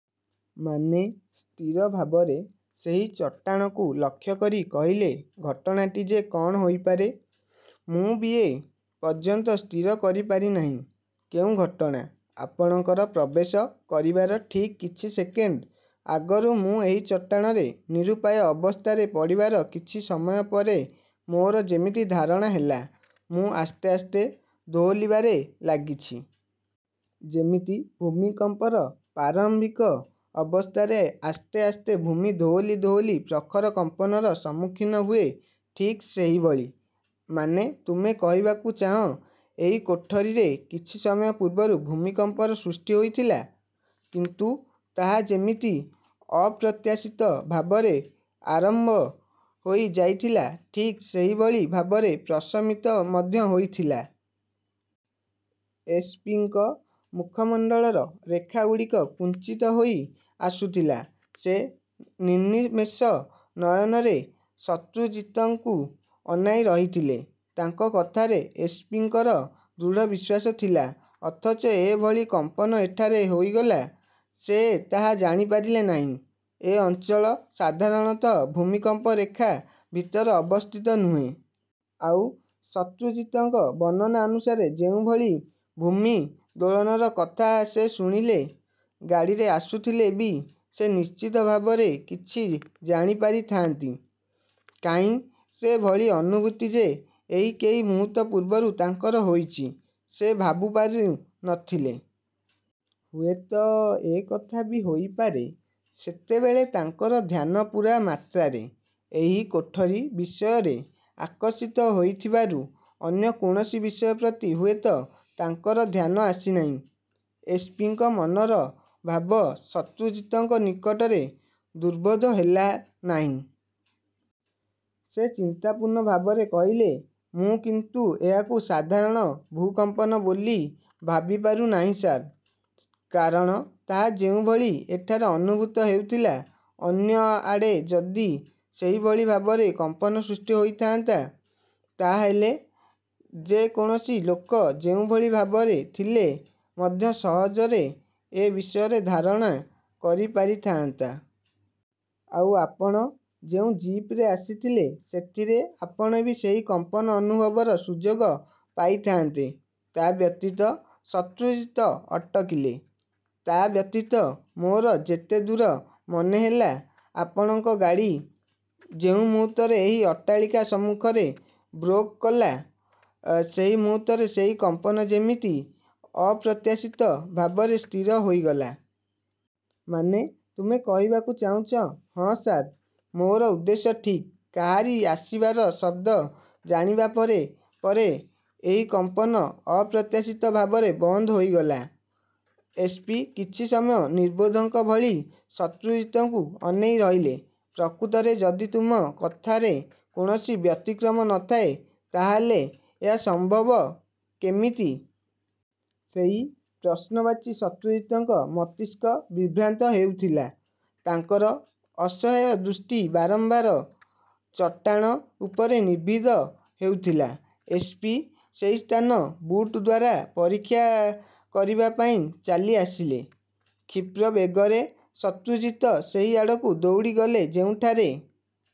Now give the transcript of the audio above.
ମାନେ? ସ୍ଥିର ଭାବରେ ସେହି ଚଟାଣକୁ ଲକ୍ଷ୍ୟ କରି କହିଲେ-ଘଟଣାଟି ଯେ କଣ ହୋଇପାରେ, ମୁଁ ବି ଏ ପର୍ଯ୍ୟନ୍ତ ସ୍ଥିର କରି ପାରି ନାହିଁ। କେଉଁ ଘଟଣା? ଆପଣଙ୍କର ପ୍ରବେଶ କରିବାର ଠିକ୍ କିଛି ସେକେଣ୍ଡ ଆଗରୁ ମୁଁ ଏହି ଚଟାଣରେ ନିରୁପାୟ ଅବସ୍ଥାରେ ପଡ଼ିବାର କିଛି ସମୟ ପରେ ମୋର ଯେମିତି ଧାରଣା ହେଲା, ମୁଁ ଆସ୍ତେ ଆସ୍ତେ ଦୋହଲିବାରେ ଲାଗିଛି। ଯେମିତି ଭୂମିକମ୍ପର ପ୍ରାରମ୍ବିକ ଅବସ୍ଥାରେ ଆସ୍ତେ ଆସ୍ତେ ଭୂମି ଦୋହଲି ଦୋହଲି ପ୍ରଖର କମ୍ପନର ସମ୍ମୁଖୀନ ହୁଏ, ଠିକ୍ ସେହିଭଳି। ମାନେ ତୁମେ କହିବାକୁ ଚାହଁ, ଏହି କୋଠରିରେ କିଛି ସମୟ ପୂର୍ବରୁ ଭୂମିକମ୍ପର ସୃଷ୍ଟି ହୋଇଥିଲା? କିନ୍ତୁ ତାହା ଯେମିତି ଅପ୍ରତ୍ୟାଶିତ ଭାବରେ ଆରମ୍ବ ହୋଇ ଯାଇଥିଲା, ଠିକ୍ ସେହିଭଳି ଭାବରେ ପ୍ରଶମିତ ମଧ୍ୟ ହୋଇଥିଲା। ଏସ୍. ପି. ଙ୍କ ମୁଖମଣ୍ଡଳର ରେଖାଗୁଡ଼ିକ କୁଞ୍ଚିତ ହୋଇ ଆସୁଥିଲା। ସେ ନିର୍ନିମେଷ ନୟନରେ ଶତ୍ରୁଜିତଙ୍କୁ ଅନାଇ ରହିଥିଲେ। ତାଙ୍କ କଥାରେ ଏସ୍. ପି. ଙ୍କର ଦୃଢ଼ବିଶ୍ୱାସ ଥିଲା; ଅଥଚ ଏ ଭଳି କମ୍ପନ ଏଠାରେ ହୋଇଗଲା, ସେ ତାହା ଜାଣିପାରିଲେ ନାହିଁ। ଏ ଅଞ୍ଚଳ ସାଧାରଣତଃ ଭୂମିକମ୍ପ ରେଖା ଭିତରେ ଅବସ୍ଥିତ ନୁହେଁ। ଆଉ ଶତ୍ରୁଜିତଙ୍କ ବର୍ଣ୍ଣନା ଅନୁସାରେ ଯେଉଁଭଳି ଭୂମି ଦୋଳନର କଥା ସେ ଶୁଣିଲେ, ଗାଡ଼ିରେ ଆସୁଥିଲେ ବି ସେ ନିଶ୍ଚିତ ଭାବରେ କିଛି ଜାଣିପାରି ଥାଆନ୍ତି। କାହିଁ, ସେ ଭଳି ଅନୁଭୂତି ଯେ ଏହି କେଇ ମୁହୂର୍ତ୍ତ ପୂର୍ବରୁ ତାଙ୍କର ହୋଇଛି-ସେ ଭାବିପାରୁ ନ ଥିଲେ। ହୁଏ ତ ଏ କଥା ବି ହୋଇପାରେ, ସେତେବେଳେ ତାଙ୍କର ଧ୍ୟାନ ପୂରା ମାତ୍ରାରେ ଏହି କୋଠରି ବିଷୟରେ ଆକର୍ଷିତ ହୋଇଥିବାରୁ ଅନ୍ୟ କୌଣସି ବିଷୟ ପ୍ରତି ହୁଏତ ତାଙ୍କର ଧ୍ୟାନ ଆସି ନାହିଁ। ଏସ୍. ପି. ଙ୍କ ମନର ଭାବ ଶତ୍ରୁଜିତଙ୍କ ନିକଟରେ ଦୁର୍ବୋଧ୍ୟ ହେଲା ନାହିଁ। ସେ ଚିନ୍ତାପୂର୍ଣ୍ଣ ଭାବରେ କହିଲେ-ମୁଁ କିନ୍ତୁ ଏହାକୁ ସାଧାରଣ ଭୂକମ୍ପନ ବୋଲି ଭାବିପାରୁ ନାହିଁ ସାର୍। କାରଣ ତାହା ଯେଉଁଭଳି ଏଠାରେ ଅନୁଭୂତ ହେଉଥିଲା, ଅନ୍ୟ ଆଡ଼େ ଯଦି ସେହିଭଳି ଭାବରେ କମ୍ପନ ସୃଷ୍ଟି ହୋଇଥାଆନ୍ତା, ତା ହେଲେ ଯେ କୌଣସି ଲୋକ ଯେଉଁଭଳି ଭାବରେ ଥିଲେ ମଧ୍ୟ ସହଜରେ ଏ ବିଷୟରେ ଧାରଣା କରି ପାରିଥାଆନ୍ତା। ଆଉ ଆପଣ ଯେଉଁ ଜିପରେ ଆସିଲେ, ସେଥିରେ ଆପଣ ବି ସେହି କମ୍ପନ ଅନୁଭବର ସୁଯୋଗ ପାଇଥାଆନ୍ତେ। ତା ବ୍ୟତୀତ.. ଶତ୍ରୁଜିତ ଅଟକିଲେ। ତା ବ୍ୟତୀତ ମୋର ଯେତେଦୂର ମନେହେଲା, ଆପଣଙ୍କ ଗାଡ଼ି। ଯେଉଁ ମୁହୂର୍ତ୍ତରେ ଏହି ଅଟ୍ଟାଳିକା ସମ୍ମୁଖରେ ବ୍ରୋକ୍ କଲା, ସେହି ମୁହୂର୍ତ୍ତରେ ସେହି କମ୍ପନ ଯେମିତି ଅପ୍ରତ୍ୟାଶିତ ଭାବରେ ସ୍ଥିର ହୋଇଗଲା। ମାନେ, ତୁମେ କହିବାକୁ ଚାହୁଁଛ ହଁ, ସାର; ମୋର ଉଦ୍ଦେଶ୍ୟ ଠିକ୍ କାହାରି ଆସିବାର ଶବ୍ଦ ଜାଣିବା ପରେ ପରେ ଏହି କମ୍ପନ ଅପ୍ରତ୍ୟାଶିତ ଭାବରେ ବନ୍ଦ ହୋଇଗଲା। ଏସ୍. ପି. କିଛି ସମୟ ନିର୍ବୋଧଙ୍କ ଭଳି ଶତ୍ରୁଜିତଙ୍କୁ ଅନେଇ ରହିଲେ। ପ୍ରକୃତରେ ଯଦି ତୁମ କଥାରେ କୌଣସି ବ୍ୟତିକ୍ରମ ନ ଥାଏ, ତା ହେଲେ ଏହା ସମ୍ବବ କେମିତି? ସେହି ପ୍ରଶ୍ନବାଚୀ ଶତ୍ରୁଜିତଙ୍କ ମସ୍ତିଷ୍କ ବିଭ୍ରାନ୍ତ ହେଉଥିଲା। ତାଙ୍କର ଅସହାୟ ଦୃଷ୍ଟି ବାରମ୍ବାର ଚଟାଣ ଉପରେ ନିବଦ୍ଧ ହେଉଥିଲା। ଏସ୍. ପି. ସେହି ସ୍ଥାନ ବୁଟ୍ ଦ୍ୱାରା ପରୀକ୍ଷା କରିବା ପାଇଁ ଚାଲି ଆସିଲେ। କ୍ଷିପ୍ର ବେଗରେ ଶତ୍ରୁଜିତ ସେହି ଆଡ଼କୁ ଦୌଡ଼ିଗଲେ ଯେଉଁଠାରେ